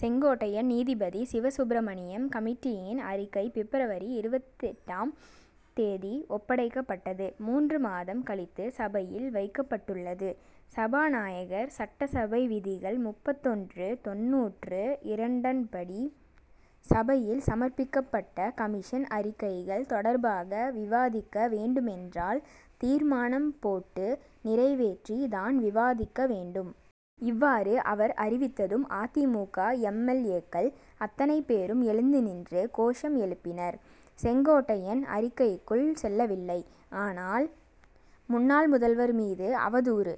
செங்கோட்டையன் நீதிபதி சிவசுப்ரமணியம் கமிட்டியின் அறிக்கை பிப்ரவரி இருபத்தெட்டாம் தேதி ஒப்படைக்கப்பட்டது. மூன்று மாதம் கழித்து சபையில் வைக்கப்பட்டுள்ளது. சபாநாயகர் சட்டசபை விதிகள் முப்பத்தொன்று தொண்ணூற்று இரண்டன்படி சபையில் சமர்ப்பிக்கப்பட்ட கமிஷன் அறிக்கைகள் தொடர்பாக விவாதிக்க வேண்டுமென்றால் தீர்மானம் போட்டு நிறைவேற்றி தான் விவாதிக்க வேண்டும். இவ்வாறு அவர் அறிவித்ததும் அ. தி. மு. க. எம். எல். ஏ.க்கள் அத்தனை பேரும் எழுந்து நின்று கோஷம் எழுப்பினர். செங்கோட்டையன் அறிக்கைக்குள் செல்லவில்லை. ஆனால் முன்னாள் முதல்வர் மீது அவதூறு.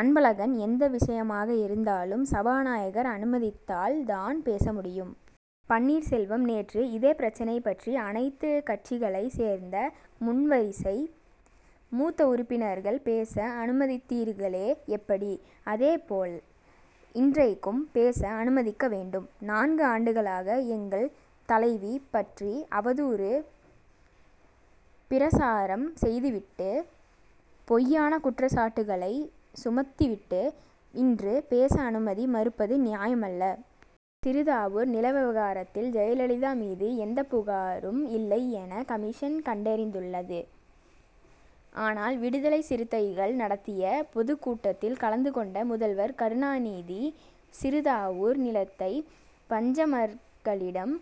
அன்பழகன் எந்த விஷயமாக இருந்தாலும் சபாநாயகர் அனுமதித்தால் தான் பேச முடியும். பன்னீர் செல்வம் நேற்று இதே பிரச்னை பற்றி அனைத்து கட்சிகளைச் சேர்ந்த முன்வரிசை மூத்த உறுப்பினர்கள் பேச அனுமதித்தீர்களே எப்படி. அதேபோல் இன்றைக்கும் பேச அனுமதிக்க வேண்டும். நான்கு ஆண்டுகளாக எங்கள் தலைவி பற்றி அவதூறு பிரசாரம் செய்துவிட்டு பொய்யான குற்றச்சாட்டுகளை சுமத்திவிட்டு இன்று பேச அனுமதி மறுப்பது நியாயமல்ல. சிறுதாவூர் நில விவகாரத்தில் ஜெயலலிதா மீது எந்தப் புகாரும் இல்லை என கமிஷன் கண்டறிந்துள்ளது. ஆனால் விடுதலைச் சிறுத்தைகள் நடத்திய பொதுக் கூட்டத்தில் கலந்துகொண்ட முதல்வர் கருணாநிதி சிறுதாவூர் நிலத்தை பஞ்சமர்களிடம்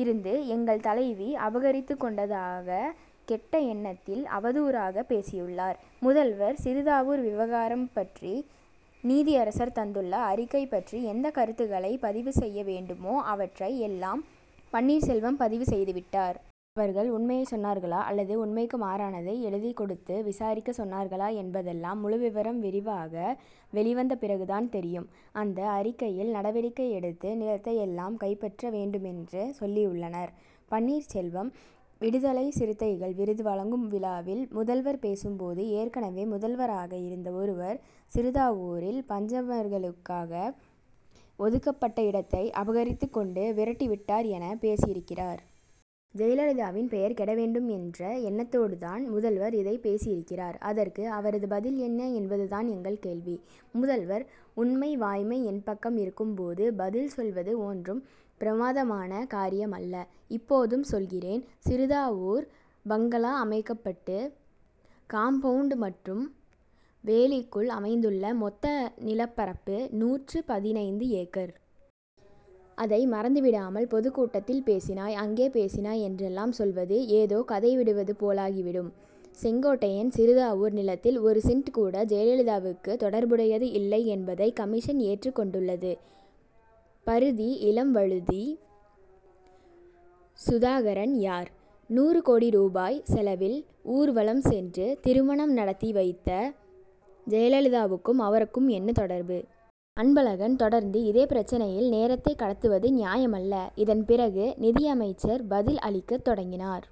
இருந்து எங்கள் தலைவி அபகரித்துக்கொண்டதாக கெட்ட எண்ணத்தில் அவதூறாக பேசியுள்ளார். முதல்வர் சிறுதாவூர் விவகாரம் பற்றி நீதியரசர் தந்துள்ள அறிக்கை பற்றி எந்தக் கருத்துக்களைப் பதிவு செய்ய வேண்டுமோ அவற்றை எல்லாம் பன்னீர்செல்வம் பதிவு செய்துவிட்டார். அவர்கள் உண்மையைச் சொன்னார்களா அல்லது உண்மைக்கு மாறானதை எழுதிக் கொடுத்து விசாரிக்கச் சொன்னார்களா என்பதெல்லாம் முழு விவரம் விரிவாக வெளிவந்த பிறகு தான் தெரியும். அந்த அறிக்கையில் நடவடிக்கை எடுத்து நிலத்தை எல்லாம் கைப்பற்ற வேண்டுமென்று சொல்லியுள்ளனர். பன்னீர்செல்வம் விடுதலைச் சிறுத்தைகள் விருது வழங்கும் விழாவில் முதல்வர் பேசும் போது ஏற்கனவே முதல்வராக இருந்த ஒருவர் சிறுதாவூரில் பஞ்சமர்களுக்காக ஒதுக்கப்பட்ட இடத்தை அபகரித்துக் கொண்டு விரட்டி விட்டார் என பேசியிருக்கிறார். ஜெயலலிதாவின் பெயர் கெட வேண்டும் என்ற எண்ணத்தோடு தான் முதல்வர் இதைப் பேசியிருக்கிறார். அதற்கு அவரது பதில் என்ன என்பது தான் எங்கள் கேள்வி. முதல்வர் உண்மை வாய்மை என் பக்கம் இருக்கும் போது பதில் சொல்வது ஒன்றும் பிரமாதமான காரியமல்ல. இப்போதும் சொல்கிறேன். சிறுதாவூர் பங்களா அமைக்கப்பட்டு காம்பவுண்டு மற்றும் வேலிக்குள் அமைந்துள்ள மொத்த நிலப்பரப்பு நூற்று பதினைந்து ஏக்கர். அதை மறந்துவிடாமல் பொதுக்கூட்டத்தில் பேசினாய் அங்கே பேசினாய் என்றெல்லாம் சொல்வது ஏதோ கதை விடுவது போலாகி விடும். செங்கோட்டையன் சிறுதாவூர் நிலத்தில் ஒரு சென்ட் கூட ஜெயலலிதாவுக்கு தொடர்புடையது இல்லை என்பதை கமிஷன் ஏற்றுக் கொண்டுள்ளது. பரிதி இளம்வழுதி சுதாகரன் யார். நூறு கோடி ரூபாய் செலவில் ஊர்வலம் சென்று திருமணம் நடத்தி வைத்த ஜெயலலிதாவுக்கும் அவருக்கும் என்ன தொடர்பு. அன்பழகன் தொடர்ந்து இதே பிரச்னையில் நேரத்தைக் கடத்துவது நியாயமல்ல. இதன் பிறகு நிதியமைச்சர் பதில் அளிக்கத் தொடங்கினார்.